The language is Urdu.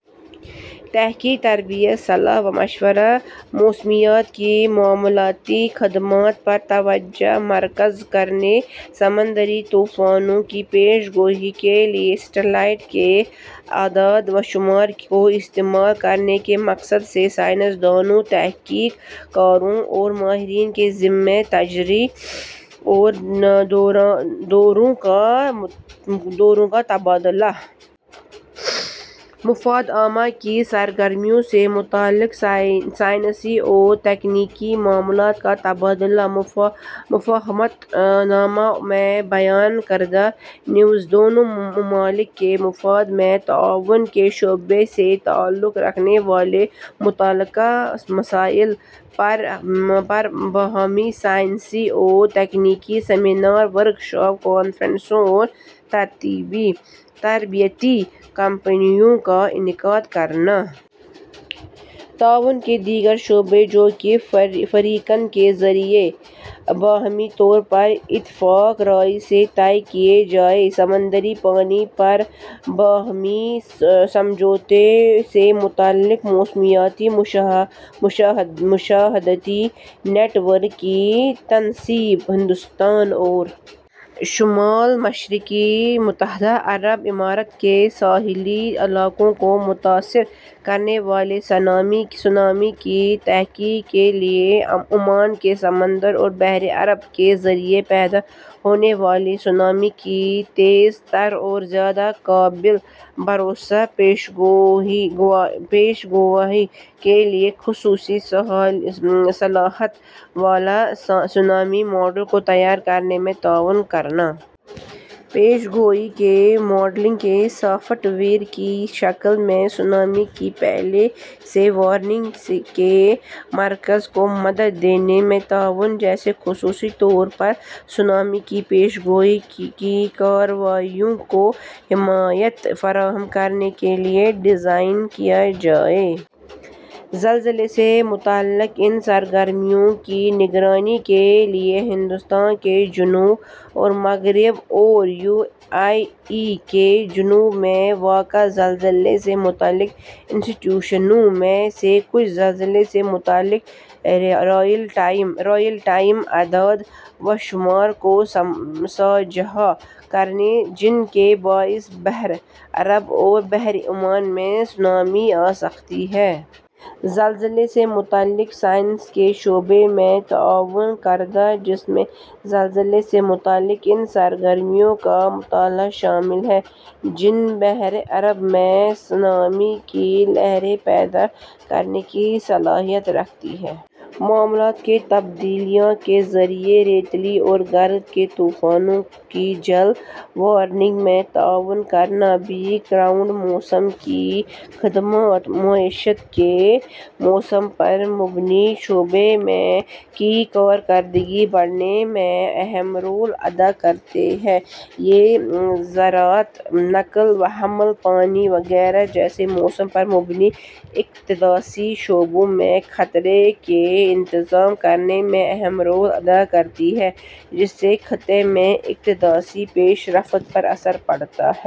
- تحقیق ،تربیت، صلاح و مشورے، موسمیات کی معلوماتی خدمات پر توجہ مرکوز کرنے، سمندری طوفانوں کی پیشگوئی کے لئے سیٹیلائٹ کے اعداد وشمار کو استعمال کرنے کے مقصد سے سائنسدانوں، تحقیق کاروں اور ماہرین کے ذمے تجربے اور دوروں کاتبادلہ۔ مفاد عامہ کی سرگرمیوں سے متعلق سائنسی اور تکنیکی معلومات کاتبادلہ۔ مفاہمت نامہ میں بیان کردہ نیز دونوں ممالک کے مفاد میں تعاون کے شعبے سے تعلق رکھنے والے متعلقہ مسائل پر باہمی سائنسی اور تکنیکی سیمینار، ورک شاپ، کانفرنسوں اور تربیتی کیمپوں کا انعقاد کرنا۔ تعاون کے دیگر شعبے جو کہ فریقین کے ذریعہ باہمی طور پر اتفاق رائے سے طے کئے جائیں۔ سمندری پانی پر باہمی سمجھوتے سے متعلق موسمیاتی مشاہداتی نیٹ ورک کی تنصیب۔ ہندوستان اور شمال مشرقی متحدہ عرب امارات کے ساحلی علاقوں کو متاثر کرنے والے سنامی کی تحقیق کے لئے عمان کے سمندر اور بحرہ عرب کے ذریعہ پیدا ہونے والے سنامی کی تیز تر اور زیادہ قابل بھروسہ پیشگوئی کے لئے خصوصی صلاحیت والے سنامی ماڈل کو تیار کرنے میں تعاون کرنا۔ پیشگوئی کے ماڈلنگ کے سافٹ ویئر کی شکل میں سنامی کی پہلے سے وارننگ کے مرکز کو مدد دینے میں تعاون جسے خصوصی طور پر سنامی کی پیشگوئی کی کارروائیوں کو حمایت فراہم کرنے کے لئے ڈیزائن کیا گیا ہے۔ زلزلے سے متعلق ان سرگرمیوں کی نگرانی کے لئے ہندوستان کے جنوب اور مغرب اور یو اے ای کے جنوب میں واقع زلزلے سے متعلق اسٹیشنوں میں سے کچھ کے زلزلے سے متعلق ریئل ٹائم اعداد وشمار کو ساجھا کرنا جن کے باعث بحرہ عرب اور بحرہ عمان میں سنامی آسکتی ہے۔ زلزلے سے متعلق سائنس کے شعبے میں تعاون کردہ جس میں زلزلے سے متعلق ان سرگرمیوں کا مطالعہ شامل ہیں جو بحرہ عرب میں سنامی کی لہریں پیدا کرنے کی صلاحیت رکھتی ہے۔ معلومات کے تبادلے کے ذریعہ ریتیلے اور گرد کے طوفانوں کی جل وارننگ میں تعاون کرنا۔ بیک گراؤنڈ موسم کی خدمات معیشت کے موسم پر مبنی شعبے کی کارکردگی بڑھانے میں اہم رول ادا کرتی ہے یہ زراعت، نقل و حمل، پانی وغیرہ جیسے موسم پر مبنی اقتصادی شعبوں میں خطرے کے انتظام کرنے میں اہم رول ادا کرتی ہے جس سے خطے میں اقتصادی پیش رفت پر اثر پڑتا ہے۔